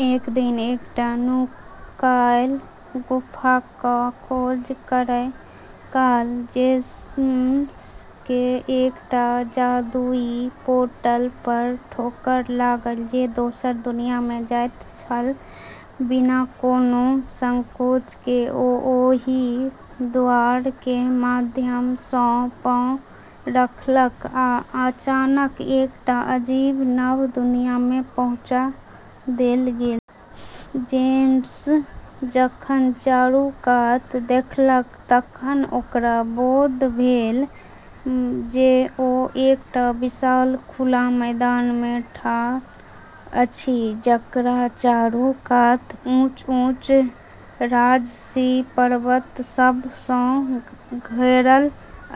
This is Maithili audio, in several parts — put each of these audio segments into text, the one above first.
एक दिन एकटा नुकायल गुफाक खोज करय काल जेम्सकेँ एकटा जादुई पोर्टल पर ठोकर लागल, जे दोसर दुनिया में जाइत छल। बिना कोनो संकोच के ओ ओहि दुआर के माध्यम सँ पाँव रखलक आ अचानक एकटा अजीब नव दुनिया में पहुँचा देल गेल। जेम्स जखन चारू कात देखलक, तखन ओकरा बोध भेल जे ओ एकटा विशाल, खुला मैदान में ठाढ़ अछि, जकरा चारू कात ऊँच-ऊँच, राजसी पर्वत सभ सँ घेरल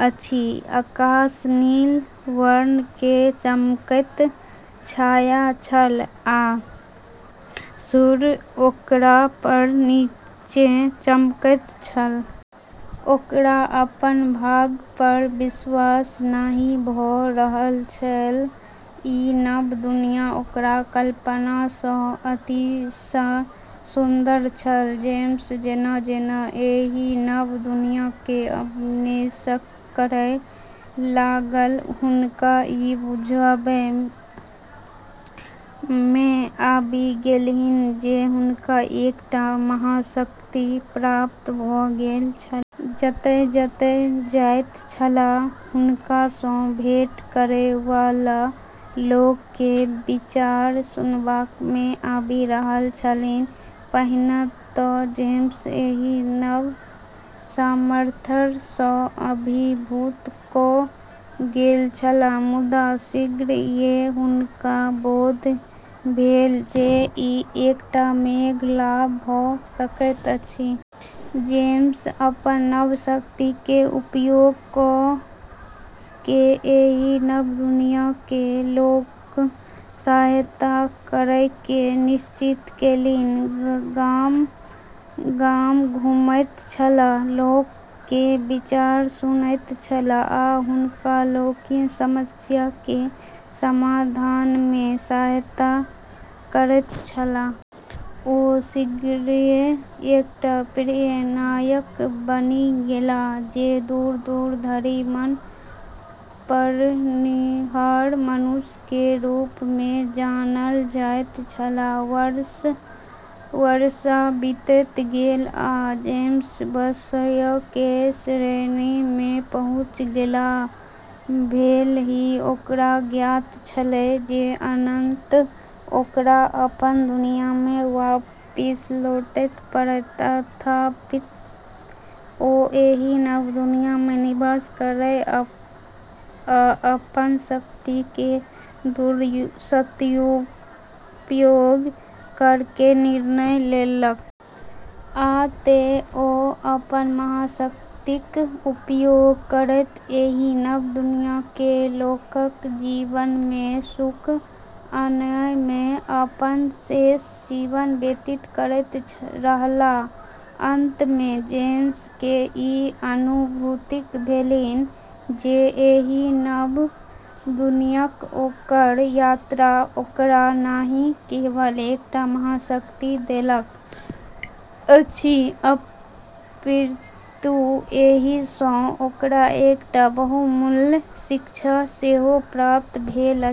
अछि। आकाश नील वर्ण के चमकैत छाया छल आ सूर्य ओकरा पर नीचे चमकैत छल। ओकरा अपन भाग्य पर विश्वास नहि भऽ रहल छल, ई नव दुनिया ओकरा कल्पना सँ अतिशय सुन्दर छल। जेम्स जेना-जेना एहि नव दुनिया के अन्वेषण करय लगलाह, हुनका ई बुझबामे आबि गेलनि जे हुनका एकटा महाशक्ति प्राप्त भऽ गेल छनि। जतय-जतय जाइत छलाह, हुनका सँ भेंट करै वला लोक के विचार सुनबा मे आबि रहल छलनि। पहिने तँ जेम्स एहि नव सामर्थ्य सँ अभिभूत भऽ गेल छलाह, मुदा शीघ्रिये हुनका बोध भेल जे ई एकटा पैघ लाभ भऽ सकैत अछि। जेम्स अपन नव शक्ति के उपयोग कऽ के एहि नव दुनियाके लोकक सहायता करयके निश्चय केलनि। गाम-गाम घुमैत छलाह, लोक के विचार सुनैत छलाह आ हुनका लोकनिक समस्या के समाधान में सहायता करैत छलाह। ओ शीघ्रिये एकटा प्रिय नायक बनि गेलाह, जे दूर-दूर धरि मन पड़निहार मनुष्य के रूप में जानल जाइत छलाह। वर्ष बीतैत गेल, आ जेम्स वयस्कों के श्रेणी में पहुँच गेलाह। भले ही ओकरा ज्ञात छेलै जे अंततः ओकरा अपन दुनिया में वापस लौटै पड़त, तथापि ओ एहि नव दुनिया मे निवास करय आ अपन शक्ति के सदुपयोग करयके निर्णय केलक। आ तें, ओ अपन महाशक्तिक उपयोग करैत एहि नव दुनियाके लोकक जीवन मे सुख आनय मे अपन शेष जीवन व्यतीत करैत रहलाह। अंत मे जेम्स के ई अनुभूति भेलनि जे एहि नव दुनियाक ओकर यात्रा ओकरा नहि केवल एकटा महाशक्ति देलक अछि, अपितु एहि सँ ओकरा एकटा बहुमूल्य शिक्षा सेहो प्राप्त भेल अछि।